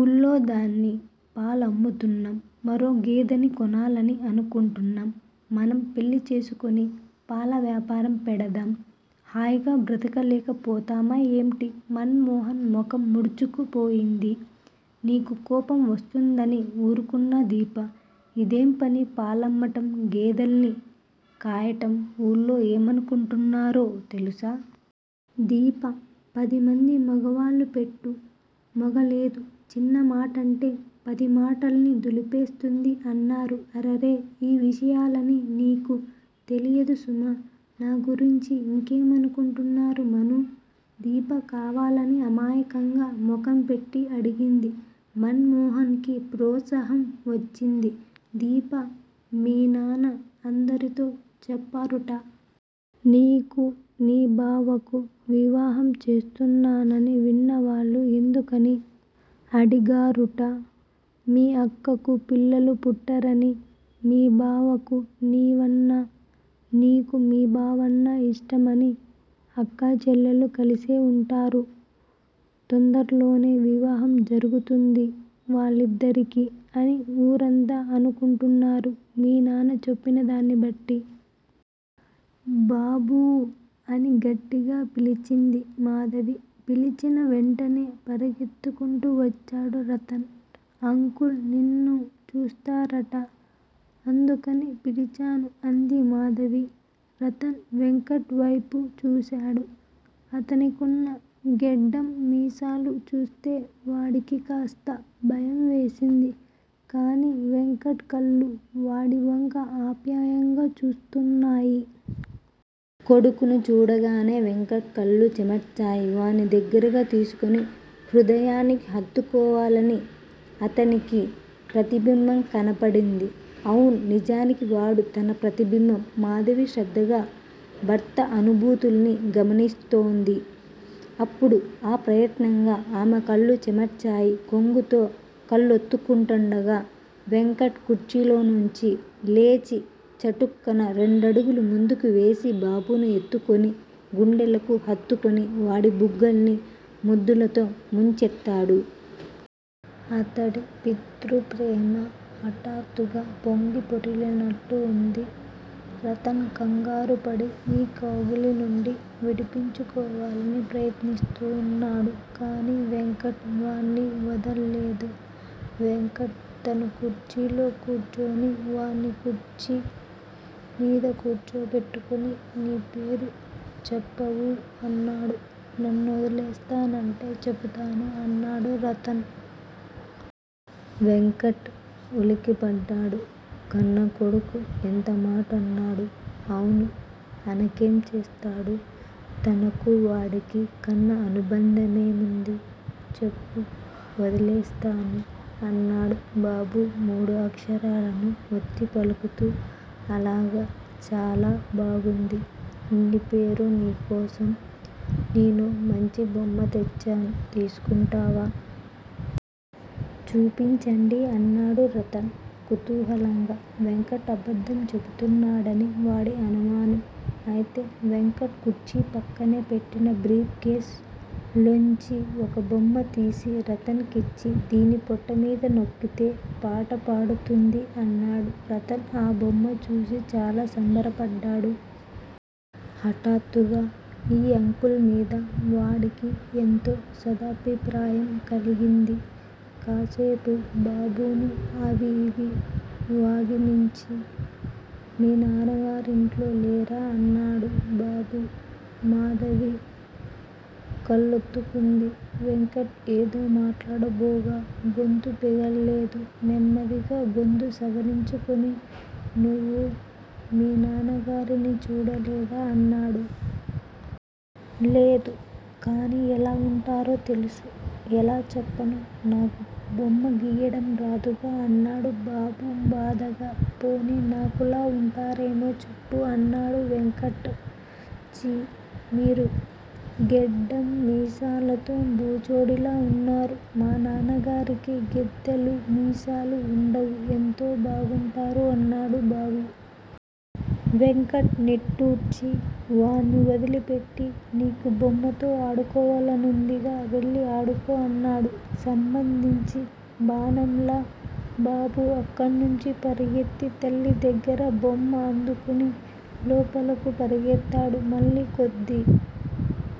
ఊళ్ళోదాని పాలు అమ్ముతున్నాం. మరో గేదెని కొనాలని అనుకుంటున్నాం, మనం పెళ్లిచేసుకుని పాల వ్యాపారం పెడదాం. హాయిగా బ్రతకలేక పోతామా ఏమిటి. మన్ మోహన్ ముఖం ముడుచుకు పోయింది. నీకు కోపం వస్తుందని ఊరుకున్నా దీపా! ఇదేంపని! పాలమ్మటం గేదెలని కాయటం ఊళ్ళో ఏమనుకుంటున్నారో తెలుసా. దీప పదిమంది మగవాళ్ళపెట్టు, మగాలేదు. చిన్నమాటంటే పది మాటలని దులిపేస్తుంది అన్నారు. అరెరె, ఈ విషయాలన్నీ నీకు తెలియదు సుమా! నా గురించి ఇంకేమనుకుంటున్నారు మనూ? దీప కావాలని అమాయకంగా ముఖంపెట్టి అడిగింది. మన్ మోహన్ కి ప్రోత్సాహం వచ్చింది. దీపా! మీనాన్న అందరితో చెప్పారుట. నీకు నీ బావకు వివాహం చేస్తున్నానని, విన్నవాళ్ళు ఎందుకని అడిగారుట. మీ అక్కకు పిల్లలు పుట్టరని మీ బావకు నీవన్నా నీకు మీ బావన్నా ఇష్టం అని అక్కచెల్లెళ్ళు కలిసే ఉంటారు. తొందరలోనే వివాహం జరుగుతుంది వాళ్ళిద్దరికి అని ఊరంత అనుకుంటున్నారు మీ నాన్న చెప్పిందాన్నిబట్టి. బాబూ! అని గట్టిగా పిలిచింది. మాధవి. పిలిచినా వేంటనే పరుగెత్తుకుటువచ్చాడు రతన్. అంకుల్ నిన్ను చూస్తారట. అందుకని పిలిచాను అంది మాధవి. రతన్ వెంకట్ వైపు చూశాడు. అతనికున్న గెడ్డం, మీసాలు చూస్తె వాడికి కాస్త భయం వేసింది. కానీ వెంకట్ కళ్ళు వాడి వంక ఆప్యాయంగా చూస్తున్నాయి. కొడుకును చూడగానే వెంకట్ కళ్ళు చెమర్చాయి. వాణ్ణి దగ్గరగా తీసుకుని హృదయానికి హత్తుకోవాలని అతనికి ప్రతిబింబం కనబడింది. అవును _ నిజానికి వాడు తన ప్రతిబింబం! మాధవి శ్రద్దగా భర్త అనుభూతుల్ని గమనిస్తోంది. అప్పుడు అప్రయత్నంగా ఆమె కళ్ళు చెమర్చాయి. కొంగుతో కళ్ళోత్తుకుంటూండగా వెంకట్ కుర్చీలోంచి లేచి చటుక్కున రెండడుగులు ముందుకు వేసి బాబును ఎత్తుకుని గుండెలకు హత్తుకుని, వాడి బుగ్గల్ని ముద్దులతో ముంచెత్తాడు. అతడి పితృప్రేమ హఠాత్తుగా పొంగి పొరలినట్లుంది. రతన్ కంగారుపడి ఈ కౌగిలి నుండి విడిపించుకోవాలని ప్రయత్నిస్తున్నాడు. కానీ వెంకట్ వాణ్ణి వదలలేదు. వెంకట్ తను కుర్చీలో కూర్చుని, వాణ్ణి కుర్చీ మీద కూర్చోబెట్టుకుని _ నీ పేరు చెప్పవూ? అన్నాడు. నన్నోదిలేస్తానంటే చెబుతాను అన్నాడు రతన్. వెంకట్ ఉలిక్కిపడ్డాడు. 'కన్నకొడుకు ఎంత మాటన్నాడు? అవును _ అనకేం చేస్తాడు? తనకూ వాడికీ కన్న అనుబంధమేముంది? చెప్పు _ వదిలేస్తాను అన్నాడు బాబు మూడు అక్షరాలను ఒత్తిపలుకుతూ. అలాగా చాలా బాగుంది. నీ పేరు నీ కోసం నేనో మంచి బొమ్మ తెచ్చాను. తీసుకుంటావా? చూపించండి అన్నాడు రతన్ కూతుహాలంగా. వెంకట్ అబద్దం చేబుతున్నాడని వాడి అనుమానం. అయితే వెంకట్ కుర్చీకి పక్కనే పెట్టిన భ్రీఫ్ కేస్ లోంచి ఒక బొమ్మ తీసి రతన్ కిచ్చి _ దీని పొట్ట మీద నొక్కితే పాట పాడుతుంది. అన్నాడు. రతన్ ఆ బొమ్మ చూసి చాలా సంబరబడ్డాడు. హఠాత్తుగా ఈ అంకుల్ మీద వాడికి ఎంతో సదభిప్రాయం కలిగింది. కాసేపు బాబును అవీ ఇవీ వాగిమ్చి, మీ నాన్నగారింట్లో లేరా? అన్నాడు బాబు. మాధవి కళ్ళోత్తుకుంది. వెంకట్ ఏదో మాట్లాడబోగా గొంతు పెగలలేదు. నెమ్మదిగా గొంతు సవరించుకుని, నువ్వు మీ నాన్నగార్ని చూడలేదా? అన్నాడు. లేదు. కానీ ఎలా వుంటారో తెలుసు. ఎలా చెప్పను _ నాకు బొమ్మ గీయడం రాదుగా? అన్నాడు బాబు బాధగా. పోనీ నాకులా ఉంటరేమో చెప్పు! అన్నాడు వెంకట్. ఛీ! మీరు గెడ్డం మీసాలతో బూచాడిలా వున్నారు. మా నాన్నగారికి గేద్దాలూ, మీసాలూ వుండవు, ఎంతో బాగుంటారు అన్నాడు బాబు. వెంకట్ నిట్టూర్చి వాణ్ని వదిలిపేట్టి, నీకు బొమ్మతో ఆడుకోవాలనుందిగా _ వెళ్ళి ఆడుకో అన్నాడు. సంభందించిన బాణంలా బాబు అక్కణ్ణుంచి పరుగెత్తి తల్లి దగ్గర బొమ్మ అందుకుని లోపలకు పరుగెత్తాడు. మళ్ళీ కొద్ది